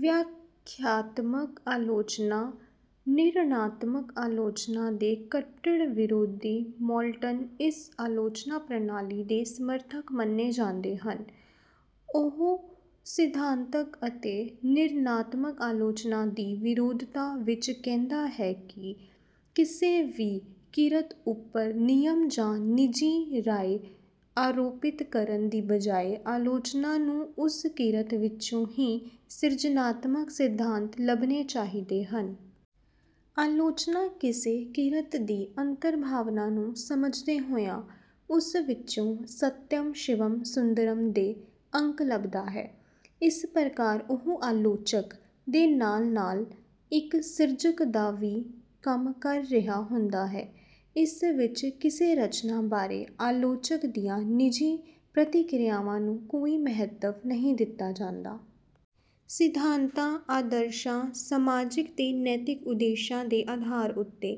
ਵਿਆਖਿਆਤਮਕ ਆਲੋਚਨਾ, ਨਿਰਣਾਤਮਕ ਆਲੋਚਨਾ ਦੇ ਕੱਟੜ ਵਿਰੋਧੀ ਮੌਲਟਨ ਇਸ ਆਲੋਚਨਾ ਪ੍ਰਣਾਲੀ ਦੇ ਸਮਰਥਕ ਮੰਨੇ ਜਾਂਦੇ ਹਨ। ਉਹ ਸਿਧਾਂਤਕ ਅਤੇ ਨਿਰਣਾਤਮਕ ਆਲੋਚਨਾ ਦੀ ਵਿਰੋਧਤਾ ਵਿੱਚ ਕਹਿੰਦਾ ਹੈ ਕਿ ਕਿਸੇ ਵੀ ਕਿਰਤ ਉੱਪਰ ਨਿਯਮ ਜਾਂ ਨਿੱਜੀ ਰਾਏ ਆਰੋਪਿਤ ਕਰਨ ਦੀ ਬਜਾਏ, ਆਲੋਚਨਾ ਨੂੰ ਉਸ ਕਿਰਤ ਵਿੱਚੋਂ ਹੀ ਸਿਰਜਣਾਤਮਕ ਸਿਧਾਂਤ ਲੱਭਣੇ ਚਾਹੀਦੇ ਹਨ। ਆਲੋਚਨਾ ਕਿਸੇ ਕਿਰਤ ਦੀ ਅੰਤਰ-ਭਾਵਨਾ ਨੂੰ ਸਮਝਦੇ ਹੋਇਆ, ਉਸ ਵਿੱਚੋਂ ਸਤਿਅਮ, ਸ਼ਿਵਮ, ਸੁੰਦਰਮ ਦੇ ਅੰਕ ਲੱਭਦਾ ਹੈ। ਇਸ ਪ੍ਰਕਾਰ ਉਹ ਆਲੋਚਕ ਦੇ ਨਾਲ-ਨਾਲ ਇੱਕ ਸਿਰਜਕ ਦਾ ਵੀ ਕੰਮ ਕਰ ਰਿਹਾ ਹੁੰਦਾ ਹੈ। ਇਸ ਵਿੱਚ ਕਿਸੇ ਰਚਨਾ ਬਾਰੇ ਆਲੋਚਕ ਦੀਆਂ ਨਿੱਜੀ ਪ੍ਰਤੀਕਿਰਿਆਵਾਂ ਨੂੰ ਕੋਈ ਮਹੱਤਵ ਨਹੀਂ ਦਿੱਤਾ ਜਾਂਦਾ। ਸਿਧਾਂਤਾਂ, ਆਦਰਸ਼ਾਂ, ਸਮਾਜਿਕ ਤੇ ਨੈਤਿਕ ਉਦੇਸ਼ਾਂ ਦੇ ਆਧਾਰ ਉੱਤੇ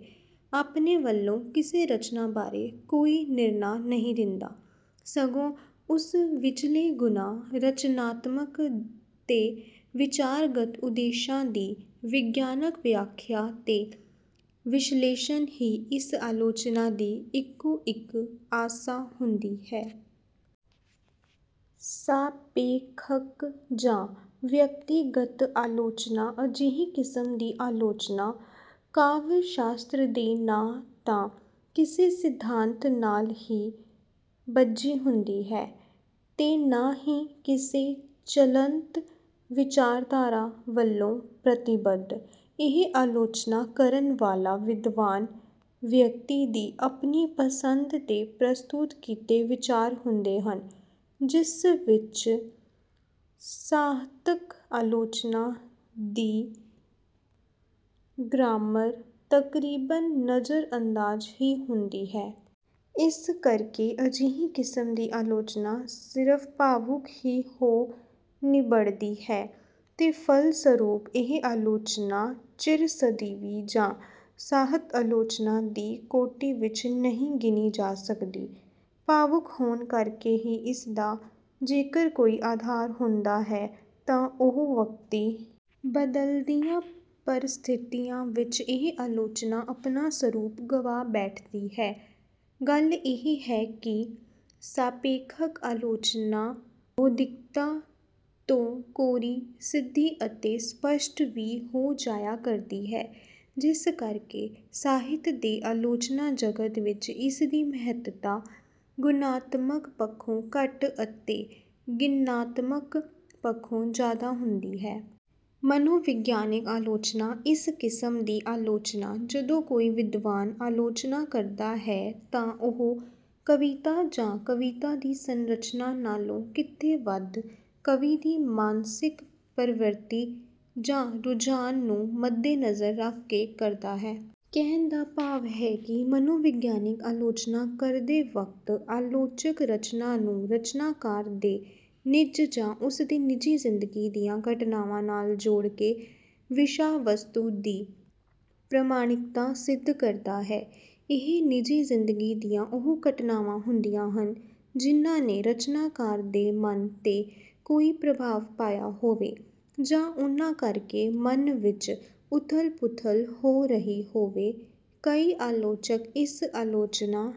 ਆਪਣੇ ਵੱਲੋਂ ਕਿਸੇ ਰਚਨਾ ਬਾਰੇ ਕੋਈ ਨਿਰਣਾ ਨਹੀਂ ਦਿੰਦਾ, ਸਗੋਂ ਉਸ ਵਿੱਚਲੇ ਗੁਣਾਂ, ਰਚਨਾਤਮਕ ਤੇ ਵਿਚਾਰਗਤ ਉਦੇਸ਼ਾਂ ਦੀ ਵਿਗਿਆਨਕ ਵਿਆਖਿਆ ਤੇ ਵਿਸ਼ਲੇਸ਼ਣ ਹੀ ਇਸ ਆਲੋਚਨਾ ਦੀ ਇੱਕੋ ਇੱਕ ਆਸਾ ਹੁੰਦੀ ਹੈ। ਸਾਪੇਖਕ ਜਾਂ ਵਿਅਕਤੀਗਤ ਆਲੋਚਨਾ ਅਜਿਹੀ ਕਿਸਮ ਦੀ ਆਲੋਚਨਾ ਕਾਵਿ-ਸ਼ਾਸਤਰ ਦੇ ਨਾ ਤਾਂ ਕਿਸੇ ਸਿਧਾਂਤ ਨਾਲ ਹੀ ਬੱਝੀ ਹੁੰਦੀ ਹੈ, ਤੇ ਨਾ ਹੀ ਕਿਸੇ ਚਲੰਤ ਵਿਚਾਰਧਾਰਾ ਵੱਲੋਂ ਪ੍ਰਤੀਬੱਧ। ਇਹ ਆਲੋਚਨਾ ਕਰਨ ਵਾਲਾ ਵਿਦਵਾਨ ਵਿਅਕਤੀ ਦੀ ਆਪਣੀ ਪਸੰਦ ਦੇ ਪ੍ਰਸਤੁਤ ਕੀਤੇ ਵਿਚਾਰ ਹੁੰਦੇ ਹਨ, ਜਿਸ ਵਿੱਚ ਸਾਹਿਤਕ ਆਲੋਚਨਾ ਦੀ ਗ੍ਰਾਮਰ ਤਕਰੀਬਨ ਨਜ਼ਰ-ਅੰਦਾਜ਼ ਹੀ ਹੁੰਦੀ ਹੈ। ਇਸ ਕਰਕੇ ਅਜਿਹੀ ਕਿਸਮ ਦੀ ਆਲੋਚਨਾ ਸਿਰਫ਼ ਭਾਵੁਕ ਹੀ ਹੋ ਨਿਬੜਦੀ ਹੈ, ਤੇ ਫਲਸਰੂਪ ਇਹ ਆਲੋਚਨਾ ਚਿਰ-ਸਦੀਵੀ ਜਾਂ ਸਾਹਿਤ ਆਲੋਚਨਾ ਦੀ ਕੋਟੀ ਵਿੱਚ ਨਹੀਂ ਗਿਣੀ ਜਾ ਸਕਦੀ। ਭਾਵੁਕ ਹੋਣ ਕਰਕੇ ਹੀ ਇਸਦਾ ਜੇਕਰ ਕੋਈ ਆਧਾਰ ਹੁੰਦਾ ਹੈ, ਤਾਂ ਉਹ ਵਕਤੀ। ਬਦਲਦੀਆਂ ਪਰਸਥਿਤੀਆਂ ਵਿੱਚ ਇਹ ਆਲੋਚਨਾ ਆਪਣਾ ਸਰੂਪ ਗਵਾ ਬੈਠਦੀ ਹੈ। ਗੱਲ ਇਹ ਹੈ ਕਿ ਸਾਪੇਖਕ ਆਲੋਚਨਾ ਬੌਧਿਕਤਾ ਤੋਂ ਕੋਰੀ, ਸਿੱਧੀ ਅਤੇ ਸਪੱਸ਼ਟ ਵੀ ਹੋ ਜਾਇਆ ਕਰਦੀ ਹੈ, ਜਿਸ ਕਰਕੇ ਸਾਹਿਤ ਦੇ ਆਲੋਚਨਾ ਜਗਤ ਵਿੱਚ ਇਸਦੀ ਮਹੱਤਤਾ ਗੁਣਾਤਮਕ ਪੱਖੋਂ ਘੱਟ ਅਤੇ ਗਿਣਾਤਮਕ ਪੱਖੋਂ ਜ਼ਿਆਦਾ ਹੁੰਦੀ ਹੈ। ਮਨੋਵਿਗਿਆਨਕ ਆਲੋਚਨਾ: ਇਸ ਕਿਸਮ ਦੀ ਆਲੋਚਨਾ ਜਦੋਂ ਕੋਈ ਵਿਦਵਾਨ ਆਲੋਚਨਾ ਕਰਦਾ ਹੈ, ਤਾਂ ਉਹ ਕਵਿਤਾ ਜਾਂ ਕਵਿਤਾ ਦੀ ਸੰਰਚਨਾ ਨਾਲੋਂ ਕਿਤੇ ਵੱਧ ਕਵੀ ਦੀ ਮਾਨਸਿਕ ਪ੍ਰਵਿਰਤੀ ਜਾਂ ਰੁਝਾਨ ਨੂੰ ਮੱਦੇਨਜ਼ਰ ਰੱਖ ਕੇ ਕਰਦਾ ਹੈ। ਕਹਿਣ ਦਾ ਭਾਵ ਹੈ ਕਿ ਮਨੋਵਿਗਿਆਨਕ ਆਲੋਚਨਾ ਕਰਦੇ ਵਕਤ ਆਲੋਚਕ ਰਚਨਾ ਨੂੰ ਰਚਨਾਕਾਰ ਦੇ ਨਿੱਜ ਜਾਂ ਉਸਦੀ ਨਿੱਜੀ ਜ਼ਿੰਦਗੀ ਦੀਆਂ ਘਟਨਾਵਾਂ ਨਾਲ ਜੋੜਕੇ ਵਿਸ਼ਾ-ਵਸਤੂ ਦੀ ਪ੍ਰਮਾਣਿਕਤਾ ਸਿੱਧ ਕਰਦਾ ਹੈ। ਇਹ ਨਿੱਜੀ ਜ਼ਿੰਦਗੀ ਦੀਆਂ ਉਹ ਘਟਨਾਵਾਂ ਹੁੰਦੀਆਂ ਹਨ ਜਿਨ੍ਹਾਂ ਨੇ ਰਚਨਾਕਾਰ ਦੇ ਮਨ 'ਤੇ ਕੋਈ ਪ੍ਰਭਾਵ ਪਾਇਆ ਹੋਵੇ, ਜਾਂ ਉਨ੍ਹਾਂ ਕਰਕੇ ਮਨ ਵਿੱਚ ਉੱਥਲ-ਪੁੱਥਲ ਹੋ ਰਹੀ ਹੋਵੇ। ਕਈ ਆਲੋਚਕ ਇਸ ਆਲੋਚਨਾ